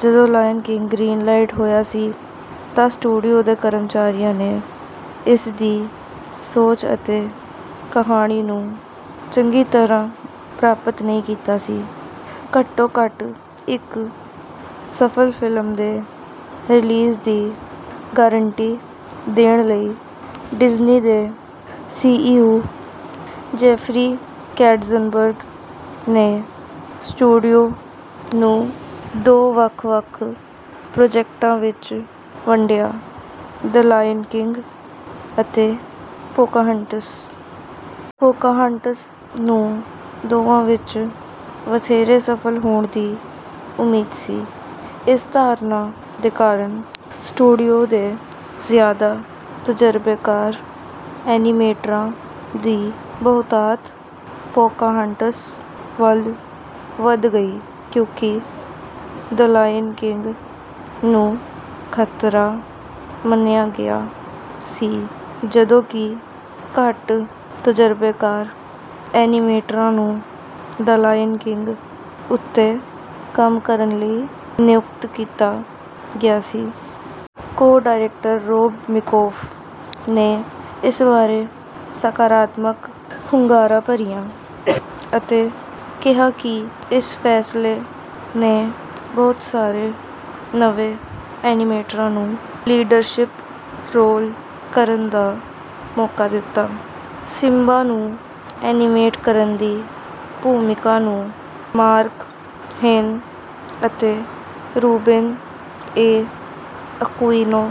ਜਦੋਂ Lion King green light ਹੋਇਆ ਸੀ ਤਾਂ ਸਟੂਡੀਓ ਦੇ ਕਰਮਚਾਰੀਆਂ ਨੇ ਇਸ ਦੀ ਸੋਚ ਅਤੇ ਕਹਾਣੀ ਨੂੰ ਚੰਗੀ ਤਰ੍ਹਾਂ ਪ੍ਰਾਪਤ ਨਹੀਂ ਕੀਤਾ ਸੀ। ਘੱਟੋ ਘੱਟ ਇੱਕ ਸਫਲ ਫਿਲਮ ਦੇ ਰਿਲੀਜ਼ ਦੀ ਗਾਰੰਟੀ ਦੇਣ ਲਈ ਡਿਜ਼ਨੀ ਦੇ ਸੀਈਓ ਜੈਫਰੀ ਕੈਟਜ਼ਨਬਰਗ ਨੇ ਸਟੂਡੀਓ ਨੂੰ ਦੋ ਵੱਖ ਵੱਖ ਪ੍ਰੋਜੈਕਟਾਂ ਵਿੱਚ ਵੰਡਿਆ ਦ ਲਾਇਨ ਕਿੰਗ ਅਤੇ ਪੋਕਾਹਾਂਟਸ। ਪੋਕਾਹਾਂਟਸ ਨੂੰ ਦੋਵਾਂ ਵਿੱਚ ਵਧੇਰੇ ਸਫਲ ਹੋਣ ਦੀ ਉਮੀਦ ਸੀ। ਇਸ ਧਾਰਨਾ ਦੇ ਕਾਰਨ ਸਟੂਡੀਓ ਦੇ ਜ਼ਿਆਦਾ ਤਜਰਬੇਕਾਰ ਐਨੀਮੇਟਰਾਂ ਦੀ ਬਹੁਤਾਤ ਪੋਕਾਹਾਂਟਸ ਵੱਲ ਵੱਧ ਗਈ ਕਿਉਂਕਿ ਦ ਲਾਇਨ ਕਿੰਗ ਨੂੰ ਖਤਰਾ ਮੰਨਿਆ ਗਿਆ ਸੀ ਜਦੋਂ ਕਿ ਘੱਟ ਤਜਰਬੇਕਾਰ ਐਨੀਮੇਟਰਾਂ ਨੂੰ ਦ ਲਾਇਨ ਕਿੰਗ ਉੱਤੇ ਕੰਮ ਕਰਨ ਲਈ ਨਿਯੁਕਤ ਕੀਤਾ ਗਿਆ ਸੀ। ਕੋ ਡਾਇਰੈਕਟਰ ਰੋਬ ਮਿੰਕੋਫ ਨੇ ਇਸ ਬਾਰੇ ਸਕਾਰਾਤਮਕ ਹੁੰਗਾਰਾ ਭਰਿਆ ਅਤੇ ਕਿਹਾ ਕਿ ਇਸ ਫੈਸਲੇ ਨੇ ਬਹੁਤ ਸਾਰੇ ਨਵੇਂ ਐਨੀਮੇਟਰਾਂ ਨੂੰ ਲੀਡਰਸ਼ਿਪ ਰੋਲ ਕਰਨ ਦਾ ਮੌਕਾ ਦਿੱਤਾ। ਸਿਮਬਾ ਨੂੰ ਐਨੀਮੇਟ ਕਰਨ ਦੀ ਭੂਮਿਕਾ ਨੂੰ ਮਾਰਕ ਹੇਨ ਅਤੇ ਰੂਬੇਨ ਏ ਅਕੁਇਨੋ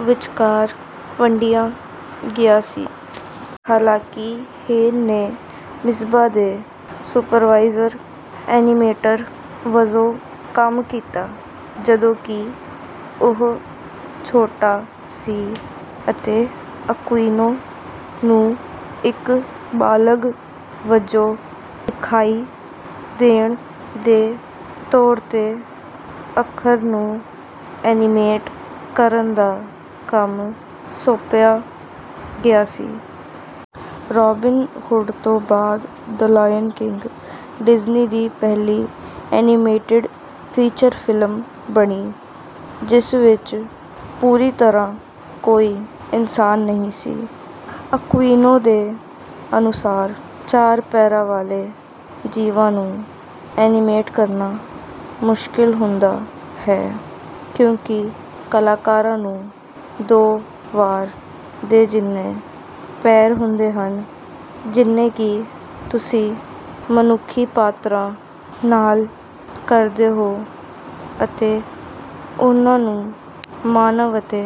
ਵਿਚਕਾਰ ਵੰਡਿਆ ਗਿਆ ਸੀ। ਹਾਲਾਂਕਿ ਹੇਨ ਨੇ ਸਿਮਬਾ ਦੇ ਸੁਪਰਵਾਈਜ਼ਰ ਐਨੀਮੇਟਰ ਵਜੋਂ ਕੰਮ ਕੀਤਾ ਜਦੋਂ ਕਿ ਉਹ ਛੋਟਾ ਸੀ ਅਤੇ ਅਕੁਇਨੋ ਨੂੰ ਇੱਕ ਬਾਲਗ ਵਜੋਂ ਦਿਖਾਈ ਦੇਣ ਦੇ ਤੌਰ ਤੇ ਅੱਖਰ ਨੂੰ ਐਨੀਮੇਟ ਕਰਨ ਦਾ ਕੰਮ ਸੌਂਪਿਆ ਗਿਆ ਸੀ। ਰੌਬਿਨ ਹੁੱਡ ਤੋਂ ਬਾਅਦ ਦ ਲਾਇਨ ਕਿੰਗ ਡਿਜ਼ਨੀ ਦੀ ਪਹਿਲੀ ਐਨੀਮੇਟਡ ਫੀਚਰ ਫਿਲਮ ਬਣੀ ਜਿਸ ਵਿੱਚ ਪੂਰੀ ਤਰ੍ਹਾਂ ਕੋਈ ਇਨਸਾਨ ਨਹੀਂ ਸੀ। ਅਕੁਇਨੋ ਦੇ ਅਨੁਸਾਰ ਚਾਰ ਪੈਰਾਂ ਵਾਲੇ ਜੀਵਾਂ ਨੂੰ ਐਨੀਮੇਟ ਕਰਨਾ ਮੁਸ਼ਕਿਲ ਹੁੰਦਾ ਹੈ ਕਿਉਂਕਿ ਕਲਾਕਾਰਾਂ ਨੂੰ ਦੋ ਵਾਰ ਦੇ ਜਿੰਨੇ ਪੈਰ ਹੁੰਦੇ ਹਨ ਜਿੰਨੇ ਕਿ ਤੁਸੀਂ ਮਨੁੱਖੀ ਪਾਤਰਾਂ ਨਾਲ ਕਰਦੇ ਹੋ ਅਤੇ ਉਹਨਾਂ ਨੂੰ ਮਾਨਵ ਅਤੇ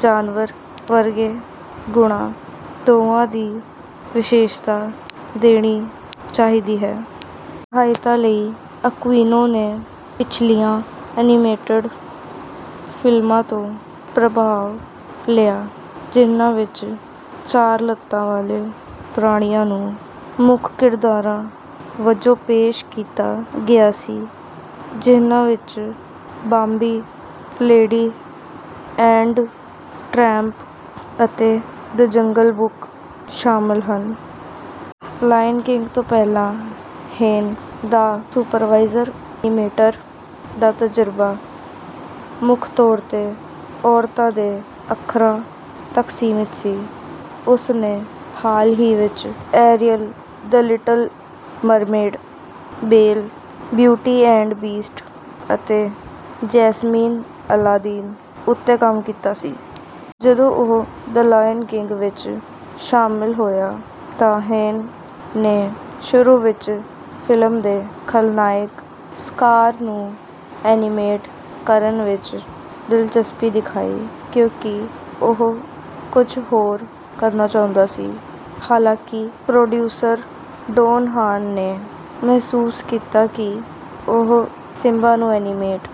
ਜਾਨਵਰ ਵਰਗੇ ਗੁਣਾਂ ਦੋਵਾਂ ਦੀ ਵਿਸ਼ੇਸ਼ਤਾ ਦੇਣੀ ਚਾਹੀਦੀ ਹੈ। ਸਹਾਇਤਾ ਲਈ ਅਕੁਇਨੋ ਨੇ ਪਿਛਲੀਆਂ ਐਨੀਮੇਟਡ ਫਿਲਮਾਂ ਤੋਂ ਪ੍ਰਭਾਵ ਲਿਆ ਜਿਨ੍ਹਾਂ ਵਿੱਚ ਚਾਰ ਲੱਤਾਂ ਵਾਲੇ ਪ੍ਰਾਣੀਆਂ ਨੂੰ ਮੁੱਖ ਕਿਰਦਾਰਾਂ ਵਜੋਂ ਪੇਸ਼ ਕੀਤਾ ਗਿਆ ਸੀ ਜਿਨ੍ਹਾਂ ਵਿੱਚ ਬਾਂਬੀ ਲੇਡੀ ਐਂਡ ਟਰੈਂਪ ਅਤੇ ਦ ਜੰਗਲ ਬੁੱਕ ਸ਼ਾਮਲ ਹਨ। ਲਾਇਨ ਕਿੰਗ ਤੋਂ ਪਹਿਲਾਂ ਹੇਨ ਦਾ ਸੁਪਰਵਾਈਜ਼ਰ ਐਨੀਮੇਟਰ ਦਾ ਤਜਰਬਾ ਮੁੱਖ ਤੌਰ ਤੇ ਔਰਤਾਂ ਦੇ ਅੱਖਰਾਂ ਤੱਕ ਸੀਮਿਤ ਸੀ। ਉਸ ਨੇ ਹਾਲ ਹੀ ਵਿੱਚ Ariel the Little Mermaid Belle Beauty and Beast ਅਤੇ ਜੈਸਮੀਨ ਅਲਾਦੀਨ ਉੱਤੇ ਕੰਮ ਕੀਤਾ ਸੀ। ਜਦੋਂ ਉਹ ਦ ਲਾਇਨ ਕਿੰਗ ਵਿੱਚ ਸ਼ਾਮਲ ਹੋਇਆ ਤਾਂ ਹੇਨ ਨੇ ਸ਼ੁਰੂ ਵਿੱਚ ਫਿਲਮ ਦੇ ਖਲਨਾਇਕ ਸਕਾਰ ਨੂੰ ਐਨੀਮੇਟ ਕਰਨ ਵਿੱਚ ਦਿਲਚਸਪੀ ਦਿਖਾਈ ਕਿਉਂਕਿ ਉਹ ਕੁਝ ਹੋਰ ਕਰਨਾ ਚਾਹੁੰਦਾ ਸੀ। ਹਾਲਾਂਕਿ ਪ੍ਰੋਡਿਊਸਰ ਡੋਨ ਹਾਨ ਨੇ ਮਹਿਸੂਸ ਕੀਤਾ ਕਿ ਉਹ ਸਿਮਬਾ ਨੂੰ ਐਨੀਮੇਟ